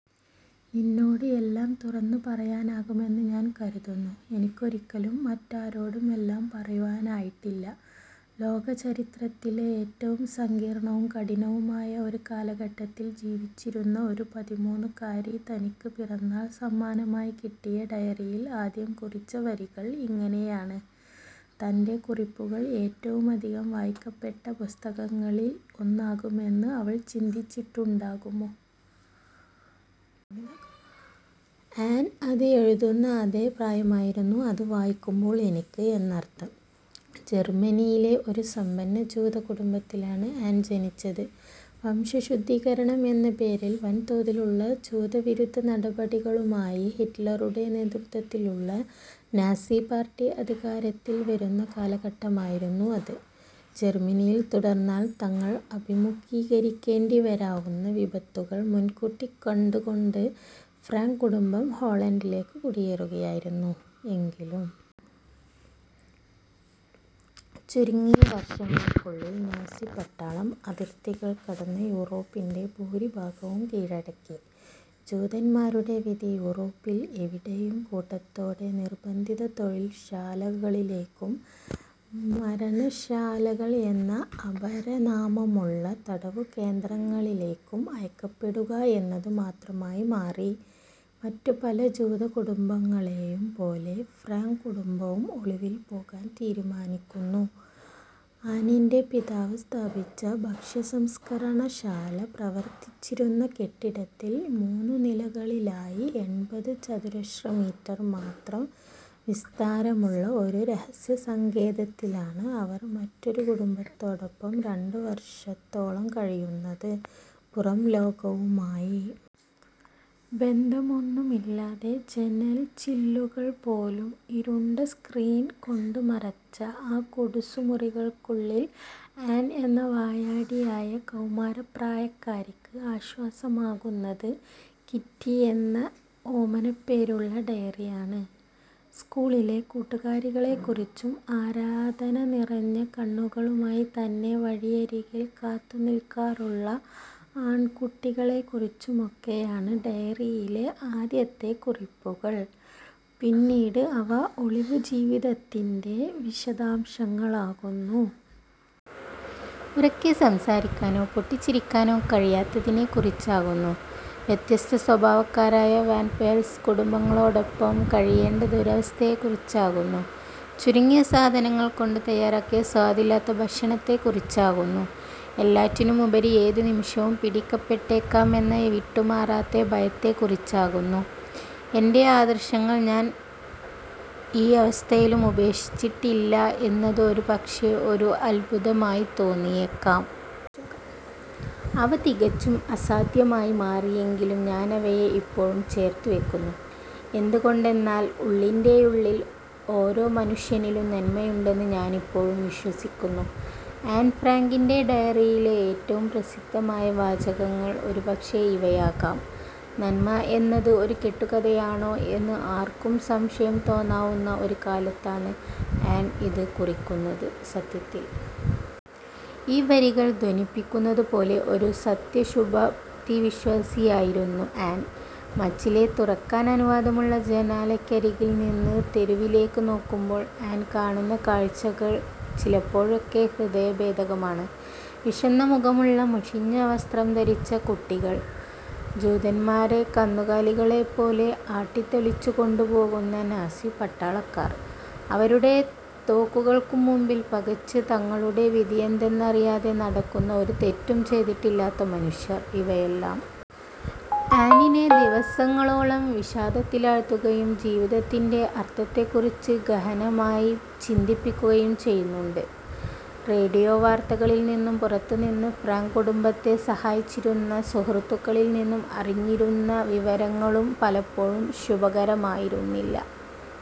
നിന്നോട് എല്ലാം തുറന്നുപറയാനാകുമെന്ന് ഞാൻ കരുതുന്നു. എനിക്കൊരിക്കലും മറ്റാരോടും എല്ലാം പറയുവാനായിട്ടില്ല. ലോകചരിത്രത്തിലെ ഏറ്റവും സങ്കീർണവും കഠിനവുമായ ഒരു കാലഘട്ടത്തിൽ ജീവിച്ചിരുന്ന ഒരു പതിമൂന്നുകാരി തനിക്ക് പിറന്നാൾ സമ്മാനമായി കിട്ടിയ ഡയറിയിൽ ആദ്യം കുറിച്ച വരികൾ ഇങ്ങനെയാണ്. തന്റെ കുറിപ്പുകൾ ഏറ്റവുമധികം വായിക്കപ്പെട്ട പുസ്തകങ്ങളിൽ ഒന്നാകുമെന്ന് അവൾ ചിന്തിച്ചിട്ടുണ്ടാകുമോ. ആൻ അത് എഴുതുന്ന അതേ പ്രായമായിരുന്നു അത് വായിക്കുമ്പോൾ എനിക്ക് എന്നർത്ഥം. ജർമ്മനിയിലെ ഒരു സമ്പന്ന ജൂത കുടുംബത്തിലാണ് ആൻ ജനിച്ചത്. വംശശുദ്ധീകരണം എന്ന പേരിൽ വൻതോതിലുള്ള ജൂതവിരുദ്ധ നടപടികളുമായി ഹിറ്റ്ലറുടെ നേതൃത്വത്തിലുള്ള നാസി പാർട്ടി അധികാരത്തിൽ വരുന്ന കാലഘട്ടമായിരുന്നു അത്. ജർമ്മനിയിൽ തുടർന്നാൽ തങ്ങൾ അഭിമുഖീകരിക്കേണ്ടിവരാവുന്ന വിപത്തുകൾ മുൻകൂട്ടിക്കണ്ട്കൊണ്ടു ഫ്രാങ്ക് കുടുംബം ഹോളണ്ടിലേക്ക് കുടിയേറുകയായിരുന്നു. എങ്കിലും ചുരുങ്ങിയ വർഷങ്ങൾക്കുള്ളിൽ നാസിപ്പട്ടാളം അതിർത്തികൾ കടന്ന് യൂറോപ്പിന്റെ ഭൂരിഭാഗവും കീഴടക്കി. ജൂതന്മാരുടെ വിധി യൂറോപ്പിൽ എവിടെയും കൂട്ടത്തോടെ നിർബന്ധിത തൊഴില്ശാലകളിലേക്കും മരണശാലകൾ എന്ന അപരനാമമുള്ള തടവുകേന്ദ്രങ്ങളിലേക്കും അയക്കപ്പെടുക എന്നത് മാത്രമായി മാറി. മറ്റുപല ജൂതകുടുംബങ്ങളെയും പോലെ ഫ്രാങ്ക് കുടുംബവും ഒളിവിൽ പോകാൻ തീരുമാനിക്കുന്നു. ആനിന്റെ പിതാവ് സ്ഥാപിച്ച ഭക്ഷ്യസംസ്കരണശാല പ്രവർത്തിച്ചിരുന്ന കെട്ടിടത്തിൽ മൂന്നുനിലകളിലായി എൺപത് ചതുരശ്ര മീറ്റർ മാത്രം വിസ്താരമുള്ള ഒരു രഹസ്യസങ്കേതത്തിലാണ് അവർ മറ്റൊരു കുടുംബത്തോടൊപ്പം രണ്ടുവർഷത്തോളം കഴിയുന്നത്. പുറംലോകവുമായി ബന്ധമൊന്നുമില്ലാതെ ജനൽച്ചില്ലുകൾ പോലും ഇരുണ്ട സ്ക്രീൻ കൊണ്ട് മറച്ച ആ കുടുസ്സുമുറികൾക്കുള്ളിൽ ആൻ എന്ന വായാടിയായ കൗമാരപ്രായക്കാരിക്ക് ആശ്വാസമാകുന്നത് കിറ്റി എന്ന് ഓമനപ്പേരുള്ള ഡയറിയാണ്. സ്കൂളിലെ കൂട്ടുകാരികളെക്കുറിച്ചും ആരാധന നിറഞ്ഞ കണ്ണുകളുമായി തന്നെ വഴിയരികിൽ കാത്തുനിൽക്കാറുള്ള ആൺകുട്ടികളെക്കുറിച്ചുമൊക്കെയാണ് ഡയറിയിലെ ആദ്യത്തെ കുറിപ്പുകൾ. പിന്നീട് അവ ഒളിവുജീവിതത്തിന്റെ വിശദാംശങ്ങളാകുന്നു. ഉറക്കെ സംസാരിക്കാനോ പൊട്ടിച്ചിരിക്കാനോ കഴിയാത്തതിനെക്കുറിച്ചാകുന്നു. വ്യത്യസ്ത സ്വഭാവക്കാരായ വാൻ പെൽസ് കുടുംബാംഗങ്ങളോടൊപ്പം കഴിയേണ്ട ദുരവസ്ഥയെക്കുറിച്ചാകുന്നു. ചുരുങ്ങിയ സാധനങ്ങൾ കൊണ്ട് തയ്യാറാക്കിയ സ്വാദില്ലാത്ത ഭക്ഷണത്തെക്കുറിച്ചാകുന്നു. എല്ലാറ്റിനുമുപരി ഏതു നിമിഷവും പിടിക്കപ്പെട്ടേക്കാം എന്ന വിട്ടുമാറാത്ത ഭയത്തെക്കുറിച്ചാകുന്നു. എന്റെ ആദർശങ്ങൾ ഞാൻ ഈയവസ്ഥയിലും ഉപേക്ഷിച്ചിട്ടില്ല എന്നത് ഒരുപക്ഷേ ഒരു അത്ഭുതമായി തോന്നിയേക്കാം. അവ തികച്ചും അസാധ്യമായി മാറിയെങ്കിലും ഞാനവയെ ഇപ്പോഴും ചേർത്തുവയ്ക്കുന്നു. എന്തുകൊണ്ടെന്നാൽ ഉള്ളിന്റെയുള്ളിൽ ഓരോ മനുഷ്യനിലും നന്മയുണ്ടെന്ന് ഞാനിപ്പോഴും വിശ്വസിക്കുന്നു. ആൻ ഫ്രാങ്കിന്റെ ഡയറിയിലെ ഏറ്റവും പ്രസിദ്ധമായ വാചകങ്ങൾ ഒരുപക്ഷേ ഇവയാകാം. നന്മ എന്നത് ഒരു കെട്ടുകഥയാണോ എന്ന് ആർക്കും സംശയം തോന്നാവുന്ന ഒരു കാലത്താണ് ആൻ ഇത് കുറിക്കുന്നത്. സത്യത്തിൽ ഈ വരികൾ ധ്വനിപ്പിക്കുന്നതുപോലെ ഒരു നിത്യശുഭാപ്തിവിശ്വാസിയായിരുന്നു ആൻ. മച്ചിലെ തുറക്കാൻ അനുവാദമുള്ള ജനാലയ്ക്കരികിൽ നിന്ന് തെരുവിലേയ്ക്ക് നോക്കുമ്പോൾ ആൻ കാണുന്ന കാഴ്ചകൾ ചിലപ്പോഴൊക്കെ ഹൃദയഭേദകമാണ്. വിശന്ന മുഖമുള്ള മുഷിഞ്ഞ വസ്ത്രം ധരിച്ച കുട്ടികൾ. ജൂതന്മാരെ കന്നുകാലികളെപ്പോലെ ആട്ടിത്തെളിച്ചുകൊണ്ടുപോകുന്ന നാസിപ്പട്ടാളക്കാർ. അവരുടെ തോക്കുകൾക്കുമുമ്പിൽ പകച്ച് തങ്ങളുടെ വിധിയെന്തെന്നറിയാതെ നടക്കുന്ന ഒരു തെറ്റും ചെയ്തിട്ടില്ലാത്ത മനുഷ്യർ. ഇവയെല്ലാം ആനിനെ ദിവസങ്ങളോളം വിഷാദത്തിലാഴ്ത്തുകയും ജീവിതത്തിന്റെ അർത്ഥത്തെക്കുറിച്ച് ഗഹനമായി ചിന്തിപ്പിക്കുകയും ചെയ്യുന്നുണ്ട്. റേഡിയോ വാർത്തകളിൽനിന്നും പുറത്തുനിന്ന് ഫ്രാങ്ക് കുടുംബത്തെ സഹായിച്ചിരുന്ന സുഹൃത്തുക്കളിൽനിന്നും അറിഞ്ഞിരുന്ന വിവരങ്ങളും പലപ്പോഴും ശുഭകരമായിരുന്നില്ല.